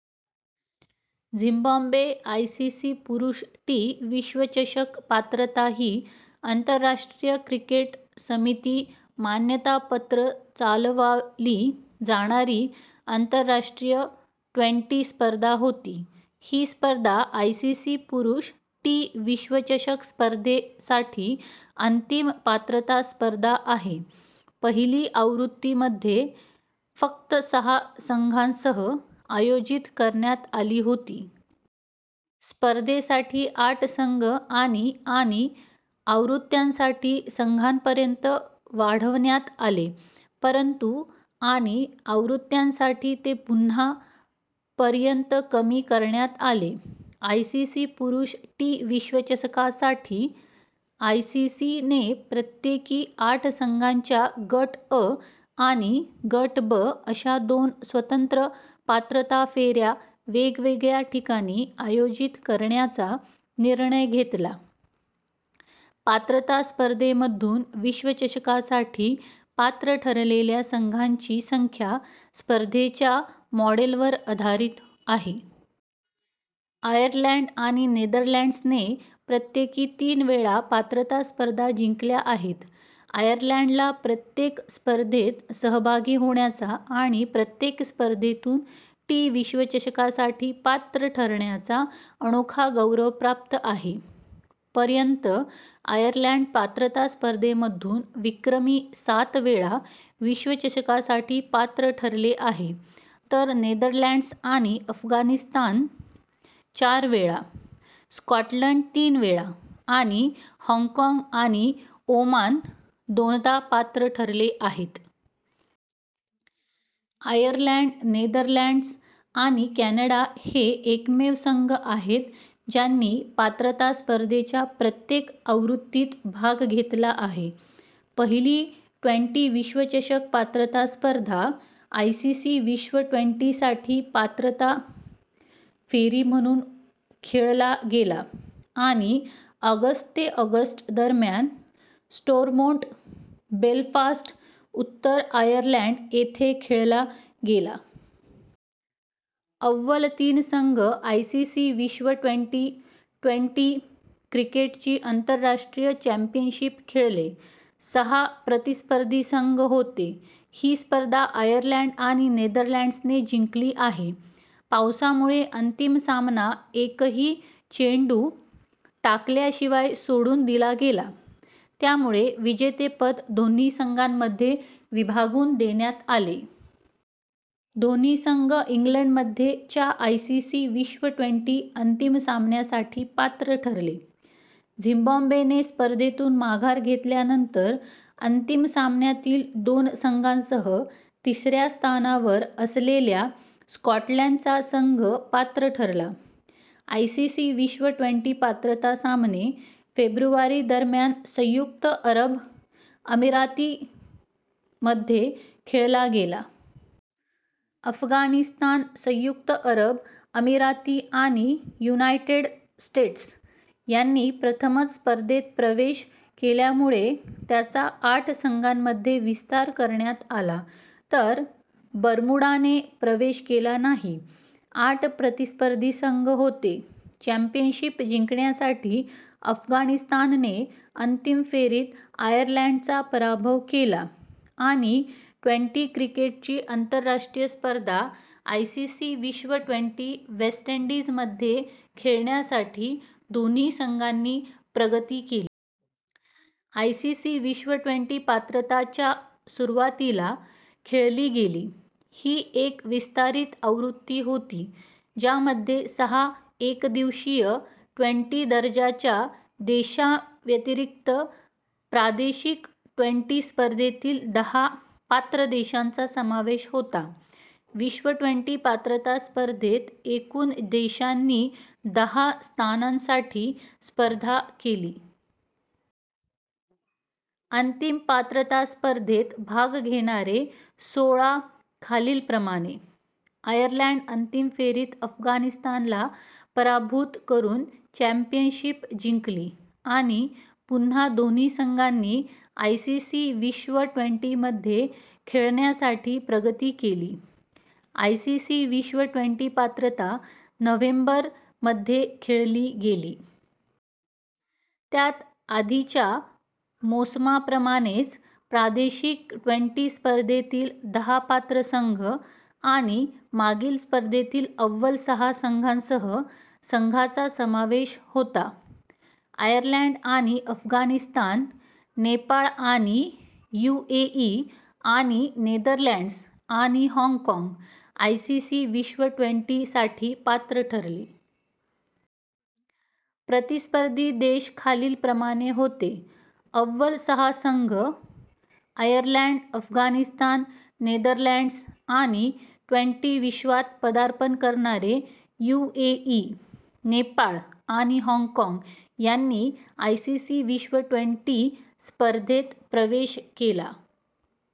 Zimbabwe ICC पुरुष T विश्वचषक पात्रता ही आंतरराष्ट्रीय क्रिकेट समिती मान्यतापात्र चालवली जाणारी आंतरराष्ट्रीय ट्वेंटी स्पर्धा आहे. ही स्पर्धा आयसीसी पुरुष टी विश्वचषक स्पर्धेसाठी अंतिम पात्रता स्पर्धा आहे. पहिली आवृत्ती मध्ये फक्त सहा संघांसह आयोजित करण्यात आली होती. स्पर्धेसाठी आठ संघ आणि आणि आवृत्त्यांसाठी संघांपर्यंत वाढवण्यात आले, परंतु आणि आवृत्त्यांसाठी ते पुन्हा पर्यंत कमी करण्यात आले. आयसीसी पुरुष टी विश्वचषकासाठी, आयसीसी ने प्रत्येकी आठ संघांच्या गट अ आणि गट ब अशा दोन स्वतंत्र पात्रता फेऱ्या वेगवेगळ्या ठिकाणी आयोजित करण्याचा निर्णय घेतला पात्रता स्पर्धेमधून विश्वचषकासाठी पात्र ठरलेल्या संघांची संख्या स्पर्धेच्या मॉडेलवर आधारित आहे. आयर्लंड आणि नेदरलँड्सने प्रत्येकी तीन वेळा पात्रता स्पर्धा जिंकल्या आहेत. आयर्लंडला प्रत्येक स्पर्धेत सहभागी होण्याचा आणि प्रत्येक स्पर्धेतून टी विश्वचषकासाठी पात्र ठरण्याचा अनोखा गौरव प्राप्त आहे; पर्यंत, आयर्लंड पात्रता स्पर्धेमधून विक्रमी सात वेळा विश्वचषकासाठी पात्र ठरले आहे, तर नेदरलँड्स आणि अफगाणिस्तान चार वेळा, स्कॉटलंड तीन वेळा आणि हाँगकाँग आणि ओमान दोनदा पात्र ठरले आहेत. आयर्लंड, नेदरलँड्स आणि कॅनडा हे एकमेव संघ आहेत ज्यांनी पात्रता स्पर्धेच्या प्रत्येक आवृत्तीत भाग घेतला आहे. पहिली ट्वेंटी विश्वचषक पात्रता स्पर्धा आयसीसी विश्व ट्वेंटी साठी पात्रता फेरी म्हणून खेळला गेला आणि ऑगस्ट ते ऑगस्ट दरम्यान स्टोरमोंट, बेलफास्ट, उत्तर आयर्लंड येथे खेळला गेला. अव्वल तीन संघ आयसीसी विश्व ट्वेंटी, ट्वेंटी- क्रिकेटची आंतरराष्ट्रीय चॅम्पियनशिप खेळले. सहा प्रतिस्पर्धी संघ होते: ही स्पर्धा आयर्लंड आणि नेदरलँड्सने जिंकली होती, पावसामुळे अंतिम सामना एकही चेंडू टाकल्याशिवाय सोडून दिला गेला, त्यामुळे विजेतेपद दोन्ही संघांमध्ये विभागून देण्यात आले. दोन्ही संघ इंग्लंडमध्ये च्या आयसीसी विश्व ट्वेंटी- अंतिम सामान्यासाठी पात्र ठरले. झिम्बाब्वेने स्पर्धेतून माघार घेतल्यानंतर, अंतिम सामन्यातील दोन संघांसह तिसऱ्या स्थानावर असलेल्या स्कॉटलंडचा संघ पात्र ठरला. आयसीसी विश्व ट्वेंटी पात्रता सामने - फेब्रुवारी दरम्यान संयुक्त अरब अमिरातीमध्ये खेळला गेला. अफगाणिस्तान, संयुक्त अरब अमिराती आणि युनायटेड स्टेट्स यांनी प्रथमच स्पर्धेत प्रवेश केल्यामुळे त्याचा आठ संघांमध्ये विस्तार करण्यात आला, तर बर्म्युडाने प्रवेश केला नाही. आठ प्रतिस्पर्धी संघ होते: चॅम्पियनशिप जिंकण्यासाठी अफगाणिस्तानने अंतिम फेरीत आयर्लंडचा पराभव केला आणि ट्वेंटी क्रिकेटची आंतरराष्ट्रीय स्पर्धा आयसीसी विश्व ट्वेंटी, वेस्ट इंडीजमध्ये खेळण्यासाठी दोन्ही संघांनी प्रगती केली. आयसीसी विश्व ट्वेंटी पात्रता, च्या सुरुवातीला खेळली गेली. ही एक विस्तारित आवृत्ती होती ज्यामध्ये सहा एकदिवसीय/ट्वेंटी दर्जाच्या देशांव्यतिरिक्त प्रादेशिक ट्वेंटी स्पर्धेतील दहा पात्र देशांचा समावेश होता. विश्व ट्वेंटी- पात्रता स्पर्धेत एकूण देशांनी दहा स्थानांसाठी स्पर्धा केली. अंतिम पात्रता स्पर्धेत भाग घेणारे सोळा खालीलप्रमाणे: आयर्लंडने अंतिम फेरीत अफगाणिस्तानला पराभूत करून चॅम्पियनशिप जिंकली आणि पुन्हा दोन्ही संघांनी आयसीसी विश्व ट्वेंटी मध्ये खेळण्यासाठी प्रगती केली. आयसीसी विश्व ट्वेंटी पात्रता, नोव्हेंबर मध्ये खेळली गेली. त्यात आधीच्या मोसमाप्रमाणेच प्रादेशिक ट्वेंटी स्पर्धेतील दहा पात्र संघ आणि मागील स्पर्धेतील अव्वल सहा संघांसह संघाचा समावेश होता. आयर्लंड आणि अफगाणिस्तान, नेपाळ आणि युएई आणि नेदरलँड्स आणि हाँगकाँग आयसीसी विश्व ट्वेंटी साठी पात्र ठरले. प्रतिस्पर्धी देश खालील प्रमाणे होते: अव्वल सहा संघ: आयर्लंड, अफगाणिस्तान, नेदरलँड्स आणि ट्वेंटी विश्वात पदार्पण करणारे यूएई, नेपाळ आणि हाँगकाँग यांनी आयसीसी विश्व ट्वेंटी स्पर्धेत प्रवेश केला.